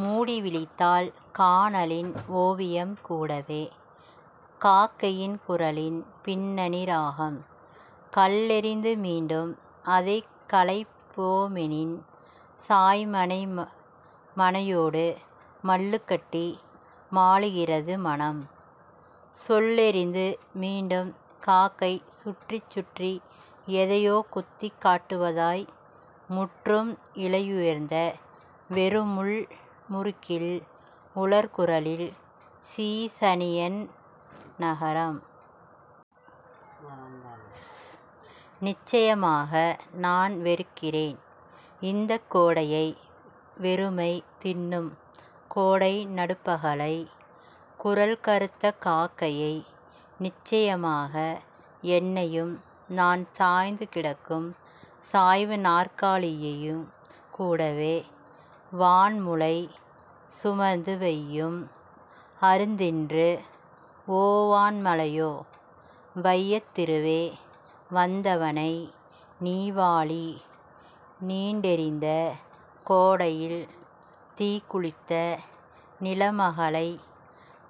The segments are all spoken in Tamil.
மூடி விழித்தால் கானலின் ஒவியம் கூடவே காக்கையின் குரலின் பின்னணி ராகம். கல்லெறிந்து மீண்டும் அதைக் கலைப் போமெனின் சாய்மனையோடு மல்லுக்கட்டி மாழுகிறது மனம். சொல்லெறிந்து மீண்டும் காக்கை சுற்றிச் சுற்றி எதையோ குத்திக் காட்டுவதாய் முற்றும் இலையுதிர்ந்த வொரு முள் முருக்கில் உலர் குரலில் சீ சனியன் நரகம். நிச்சயமாக நான் வெறுக்கிறேன். இந்தக் கோடையை வெறுமை தின்னும் கோடை நடுப்பகலை. குரல் கறுத்த காக்கையை. நிச்சயமாக என்னையும் நான் சாய்ந்து கிடக்கும் சாய்வு நாற்காலியையுங்கூடவே. வான் முலை சுரந்தது வையம் அருந்திற்று ஓ வான் மழையே வையத் திருவே வந்தனை நீ வாழி நீண்டெரிந்த கோடையில் தீக்குளித்த நிலமகளை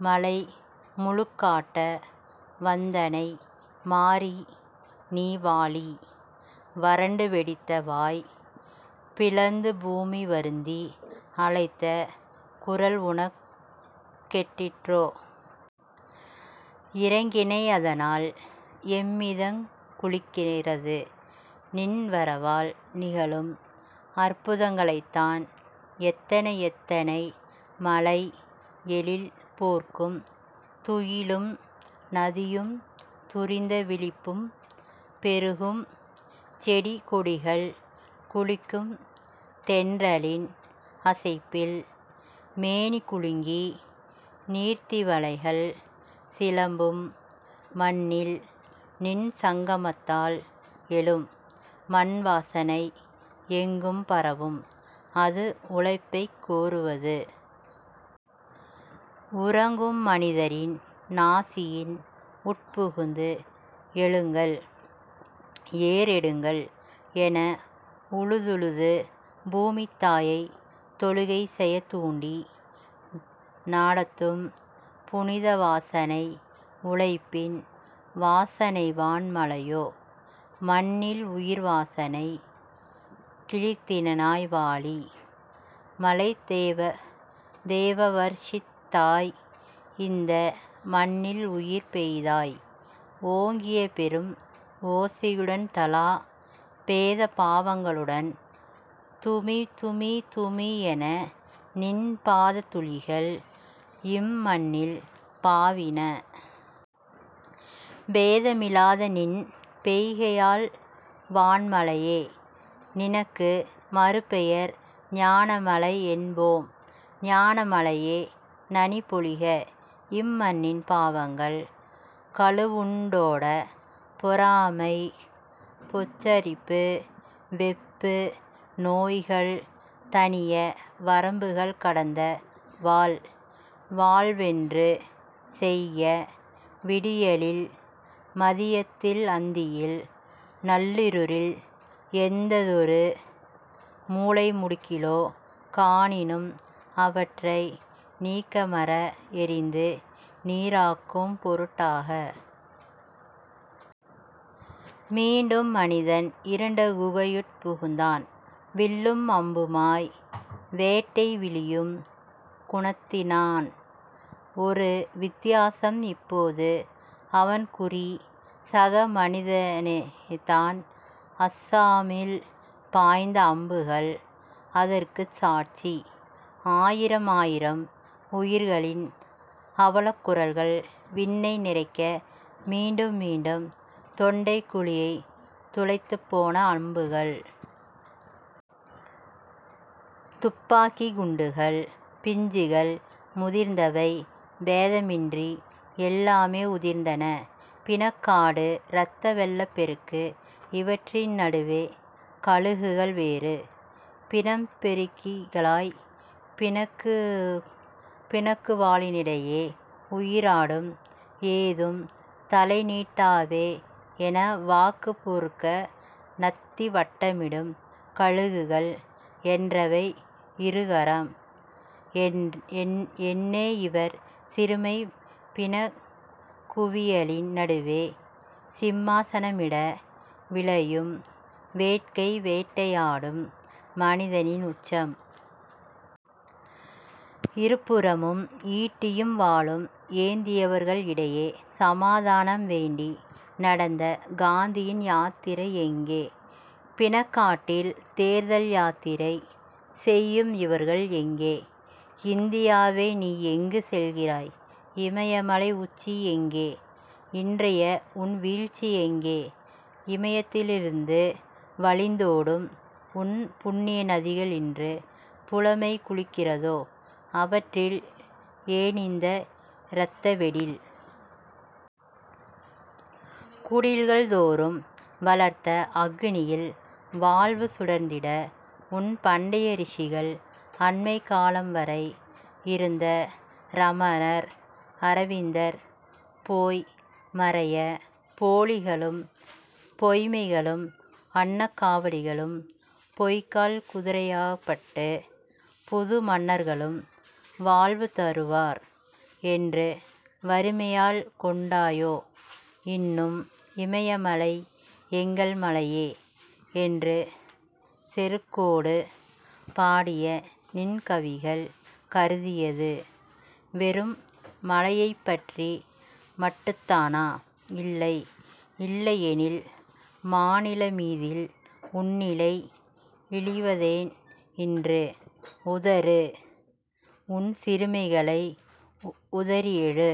மழை முழுக்காட்ட வந்தனை மாரி நீ வாழி வரண்டு வெடித்த வாய் பிளந்து பூமி வருந்தி அழைத்த குரல் உனக் கெட்டிற்றோ? இரங்கினை அதனால் எம்மிதயங் குளிக்கிறது. நின் வரவால் நிகழும் அற்புதங்கள்தான் எத்தனை எத்தனை மலை எழில் போர்க்கும் துயிலும் நதியில் துரித விழிப்புப் பெருகும் செடிகொடிகள் குளிக்கும் தென்றலின் அசைப்பில் மேனிகுலுங்கி நீர்த் திவலைகள் சிலும்பும். மண்ணில் நின் சங்கமத்தால் எழும் மண்வாசனை எங்கும் பரவும் அது உழைப்பைக் கோருவது. உறங்கும் மனிதரின் நாசியின் உட்புகுந்து எழுங்கள் ஏர் எடுங்கள்என உழுதுழுது பூமித்தாயை தொழுகை செய தூண்டி நடாத்தும் புனிதவாசனை உழைப்பின் வாசனை வான் மழையே மண்ணில் உயிர் வாசனை கிளர்த்தினாய் வாழி. மழைத்தேவா வர்ஷித்தாய் இந்த மண்ணில் உயிர் பெய்தாய் ஓங்கிய பெரும் ஓசையுடன் தாள பேத பாவங்களுடன் துமிதுமி துமி என நின் பாத துளிகள் இம் மண்ணில் பாவின. பேதமிலாத நின் பெய்கையால் வான் மழையே நினக்கு மறுபெயர் ஞான மழை என்போம். ஞான மழையே நனி பொழிக இம்மண்ணின் பாவங்கள் கழுவுண்டோட பொறாமை பொச்சரிப்பு வெப்பு நோய்கள் தணிய வரம்புகள் கடந்த வாழ் வொன்று செய்ய. விடியலில் மதியத்தில் அந்தியில் நள்ளிருளில் எந்தெந்த மூலை முடக்கிலே காணினும் அவற்றை நீக்கமற எரிந்து நீறாக்கும் பொருட்டாக. மீண்டும் மனிதன் இருண்ட குகையுட் புகுந்தான் வில்லும் அம்புமாய் வேட்டை விழையும் குணத்தினனாய். ஒரு வித்தியாசம் இப்போது அவன்குறி சக மனிதனேதான். அஸ்ஸாமில் பாய்ந்த அம்புகள் அதற்குச் சாட்சி. ஆயிரம் ஆயிரம் உயிர்களின் அவலக்குரல் விண்ணை நிறைக்க மீண்டும் மீண்டும் தொண்டைக் குழியைத் துளைத்துப் போன அம்புகள். துப்பாக்கிக் குண்டுகள் பிஞ்சுகள் முதிர்ந்தவை பேதமின்றி எல்லாமே உதிர்ந்தன. பிணக் காடு இரத்த வெள்ளப் பெருக்கு இவற்றின் நடுவே கழுகுகள் வேறு. பிணம் பொறுக்கிகளாய் பிணக்குவியலினிடையே உயிராடும் ஏதும் தலைநீட்டாவோ என வாக்குப் பொறுக்க நத்தி வட்டமிடும் கழுகுகள் என்றவை இருரகம். என்னே இவர் சிறுமை பிணக் குவியலின் நடுவே சிம்மாசனமிட விழையும் வேட்கை வேட்டையாடும் மனிதனின் உச்சம். இருபுறமும் ஈட்டியும் வாளும் ஏந்தியவர் இடையே சமாதானம் வேண்டி நடந்த காந்தியின் யாத்திரை எங்கே? பிணக்காட்டில் தேர்தல் யாத்திரை செய்யும் இவர்கள் எங்கே? இந்தியாவே நீ எங்கு செல்கிறாய்? இமயமலை உச்சி எங்கே? இன்றைய உன் வீழ்ச்சி எங்கே? இமயத்தினின்றும் வழிந்தோடும் உன் புண்ணியநதிகள் இன்று புலைமை குளிக்கிறதே அவற்றில் ஏனிந்த இரத்தவெடில்? குடில்கள் தோறும் வளர்த்த அக்னியில் வாழ்வு சுடர்த்திய உன் பண்டையரிஷிகள் அண்மைக் காலம் வரை இருந்த ரமணர் அரவிந்தர் போய் மறைய போலிகளும் பொய்மைகளும் அன்னக் காவடிகளும் பொய்க்கால் குதிரையாட்டப் புது மன்னர்களும் வாழ்வு தருவார் என்று வறுமை கொண்டாயே. மன்னும் இமயமலை எங்கள் மலையே என்று செருக்கோடு பாடிய நின் கவிகள் கருதியது வெறும் மலையைப்பற்றி மட்டுந்தானா? இல்லை யெனின் மாநிலமீதில் உன்னிலை இழிவதேன் இன்று? உதறு உன்சிறுமைகளை உதறிஎழு.